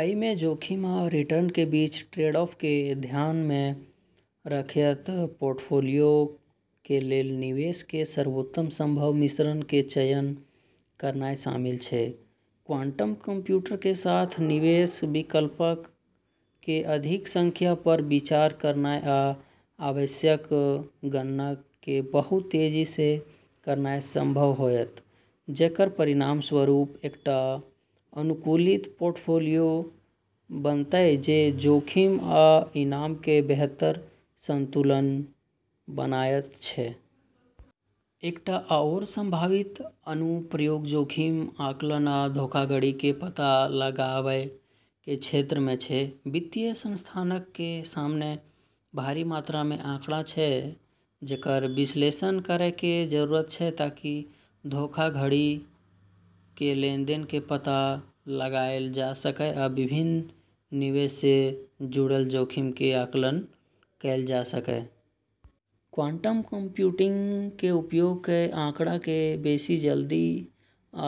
अइ मे जोखिम आ रिटर्न के बीच ट्रेड-ऑफ के ध्यान मे रखयत पोर्टफोलियो के लेल निवेश के सर्वोत्तम संभव मिश्रण के चयन करनाय शामिल छै ।क्वांटम कंप्यूटर के साथ, निवेश विकल्पक के अधिक संख्या पर विचार करनाय आ आवश्यक गणनाक के बहुत तेजी सऽ करनाय संभव होयत, जेकर परिणामस्वरूप एकटा अनुकूलित पोर्टफोलियो बनतय जे जोखिम आ इनाम के बेहतर संतुलन बनायत छै । एकटा आओर संभावित अनुप्रयोग जोखिम आकलन आ धोखाधड़ी के पता लगावय के क्षेत्र मे छै। वित्तीय संस्थानक के सामने भारी मात्रा मे आंकड़ा छै जेकर विश्लेषण करय के जरूरत छै ताकि धोखाधड़ी के लेनदेन के पता लगाएल जा सकय आ विभिन्न निवेश सं जुड़ल जोखिम के आकलन कैल जा सकय। क्वांटम कंप्यूटिंग के उपयोग अइ आंकड़ा के बेसि जल्दी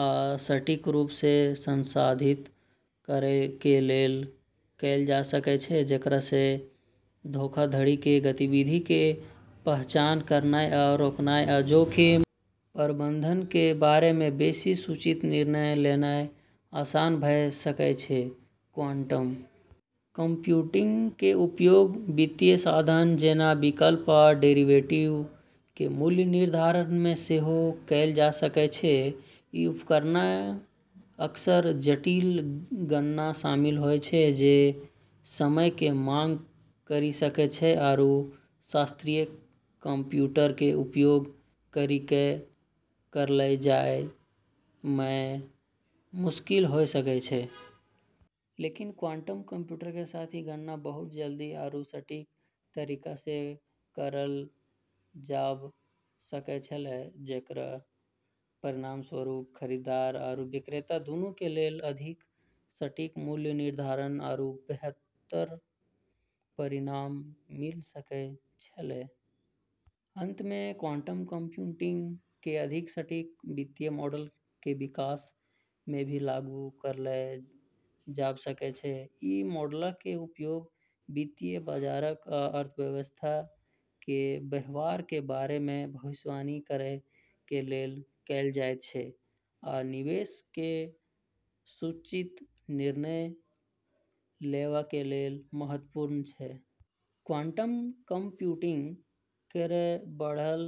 आ सटीक रूप सऽ संसाधित करय के लेल कैल जा सकय छै, जेकरा सऽ धोखाधड़ी के गतिविधि के पहचान करनाय आ रोकनाय आ जोखिम प्रबंधन के बारे मे बेसि सूचित निर्णय लेनाय आसान भ सकय छै ।क्वांटम कंप्यूटिंग के उपयोग वित्तीय साधन, जेना विकल्प आ डेरिवेटिव के मूल्य निर्धारण मे सेहो कैल जा सकय छै। ई उपकरणऽ अक्सर जटिल गणना शामिल होय छै जे समय के माँग करी सकै छै आरू शास्त्रीय कंप्यूटर के उपयोग करी कऽ करलऽ जाय मऽ मुश्किल होय सकै छै। लेकिन क्वांटम कंप्यूटर के साथ ई गणना बहुत जल्दी आरू सटीक तरीका सऽ करलऽ जाब सकै छेलै, जेकरऽ परिणामस्वरूप खरीदार आरू विक्रेता दुनु के लेलऽ अधिक सटीक मूल्य निर्धारण आरू बेहतर परिणाम मिल सकै छेलै। अंत में, क्वांटम कंप्यूटिंग के अधिक सटीक वित्तीय मॉडल के विकास मे भी लागू करलऽ जाब सकै छै। इ मॉडलक के उपयोग वित्तीय बाजारक आ अर्थव्यवस्था के व्यवहार के बारे मे भविष्यवाणी करय कें लेल कैल जायत छै, आ निवेश के सूचित निर्णय लेवा के लेल महत्वपूर्ण छै। क्वांटम कंप्यूटिंग केरऽ बढ़लऽ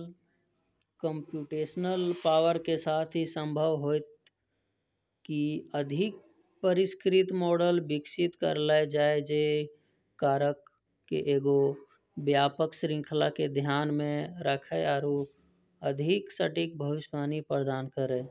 कम्प्यूटेशनल पावर के साथ ई संभव होतै कि अधिक परिष्कृत मॉडल विकसित करलऽ जाय जे कारकऽ के एगो व्यापक श्रृंखला के ध्यान मे रखै आरू अधिक सटीक भविष्यवाणी प्रदान करै।